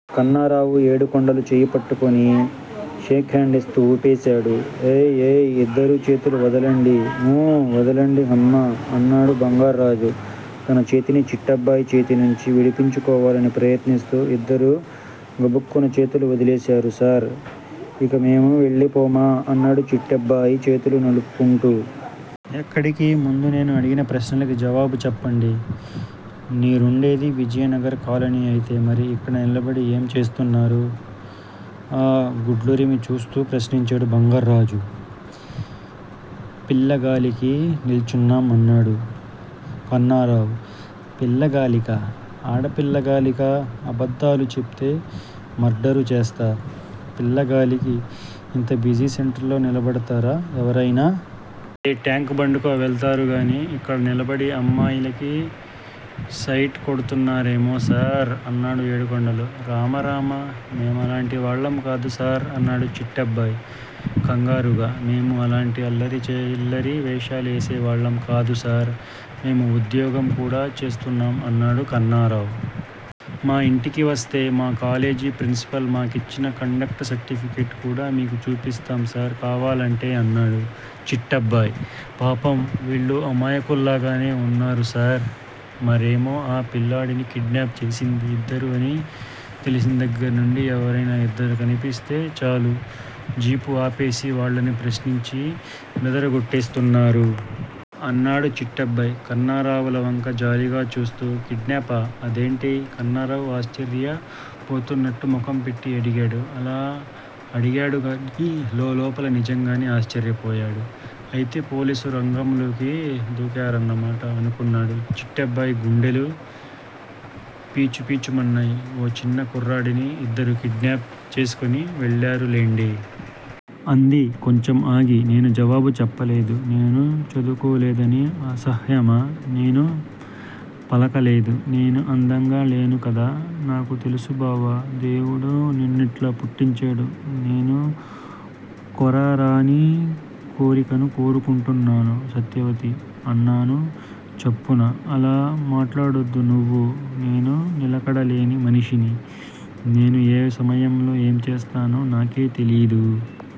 కన్నారావు ఏడుకొండలు చెయ్యిపట్టుకుని షేక్ హండిస్తూ ఊపేశాడు. ఏయ్ ఏయ్ ఇద్దరూ చేతులు వదలండి. ఊ వదలండి హమ్మ! అన్నాడు బంగార్రాజు తన చేతిని చిట్టబ్బాయి చేతి నుండి విడిపించుకోవాలని ప్రయత్నిస్తూ. ఇద్దరూ గబుక్కున చేతులు వదిలేశారు. సార్! ఇక మేము వెళ్ళిపోమా? అన్నాడు చిట్టబ్బాయి చేతులు నలుపు కుంటూ. ఎక్కడికి? ముందు నేను అడిగిన ప్రశ్నలకి జవాబు చెప్పండి. నిరుండేది విజయనగర్ కాలని అయితే మరి ఇక్కడ నిలబడి ఏం చేస్తున్నారు? ఆ గుడ్లురిమి చూస్తూ ప్రశ్నించాడు బంగార్ర్రాజు. పిల్లగాలికి నిల్చున్నాం అన్నాడు కన్నారావు. పిల్లగాలికా ఆడపిల్లగాలికా? అబద్ధాలు చెప్తే మర్డరు చేస్తా. పిల్లగాలికి ఇంత బిజీ సెంటర్లో నిలబడ్తారా ఎవర్తెనా? ఏ ట్యాంక్ బండ్ కో వెళ్తారుగాని ఇక్కడ నిలబడి అమ్మాయిలకి స్తేటు కొడ్తున్నారేమో సార్! అన్నాడు ఏడుకొండలు. రామ రామ. మేమలాంటివాళ్ళం కాదు సార్ అన్నాడు చిట్టబ్బాయి కంగారుగా. మేము అలాంటి అల్లరి చిల్లరి వేషాలేసేవాళ్ళం కాదు సార్. మేము ఉద్యగం కూడా చేస్తున్నాం అన్నాడు కన్నరావ్. మా ఇంటికి వస్తే మా కాలేజి ప్రిన్సిపాల్ మాకిచ్చిన కాండక్ట్ సర్టిఫికెట్స్ కూడా మీకు చూపిస్తాం సార్ కావాలంటే అన్నాడు చిట్టబ్బాయి. పాపం. వీళ్ళు అమామకుల్లాగానే ఉన్నారు సార్. మారేమో ఆ పిల్లాడిని కిడ్నాప్ చేసింది ఇద్దరు అని తెలిసిందగ్గర్నుండి ఎవర్తెనా ఇద్దరు కనిపిస్తే చాలు జీపు ఆపేసి వాళ్ళని ప్రశ్నించి బెదరగోట్టేస్తున్నారు. అన్నాడు చిట్టబ్బాయి కన్నరావుల వంక జాలిగా చూస్తూ. కిడ్నాపా? అదేంటి? కన్నారావు ఆశ్చర్యంపోతున్నాట్టు మొహం పెట్టి అడిగాడు. అలా అడిగాడుగాని లోలోపల నిజంగానే ఆశ్చర్యపోయాడు. అయితే పోలీసులు రంగంలికి దూకారన్నమాట! అనుకున్నాడు. చిట్టబ్బాయి గుండెలు పిచుపిచుమన్నాయ్. ఓ చిన్న కుర్రాడిని ఇద్దరు కిడ్నాప్ చేస్కుని వెళ్ళారులెండి. అంది కొంచెం ఆగి. నేను జవాబు చెప్పలేదు. నేను చదువుకోలేదని అసహ్యమా? నేను పలుకలేదు. నేను అందంగా లేనుకదూ! నాకు తెలుసుబావా! దేముడు నన్నిట్లా పుట్టించాడు. నేను కోరరాని కోరికను కోరుకుంటున్నాను. సత్యవతీ! అన్నాను చప్పున. అలా మాట్లాడొద్దు నువ్వు. నేను నిలకడలేని మనిషిని. నేను ఏ సమయంలో ఏంచేస్తానో నాకే తెలీదు.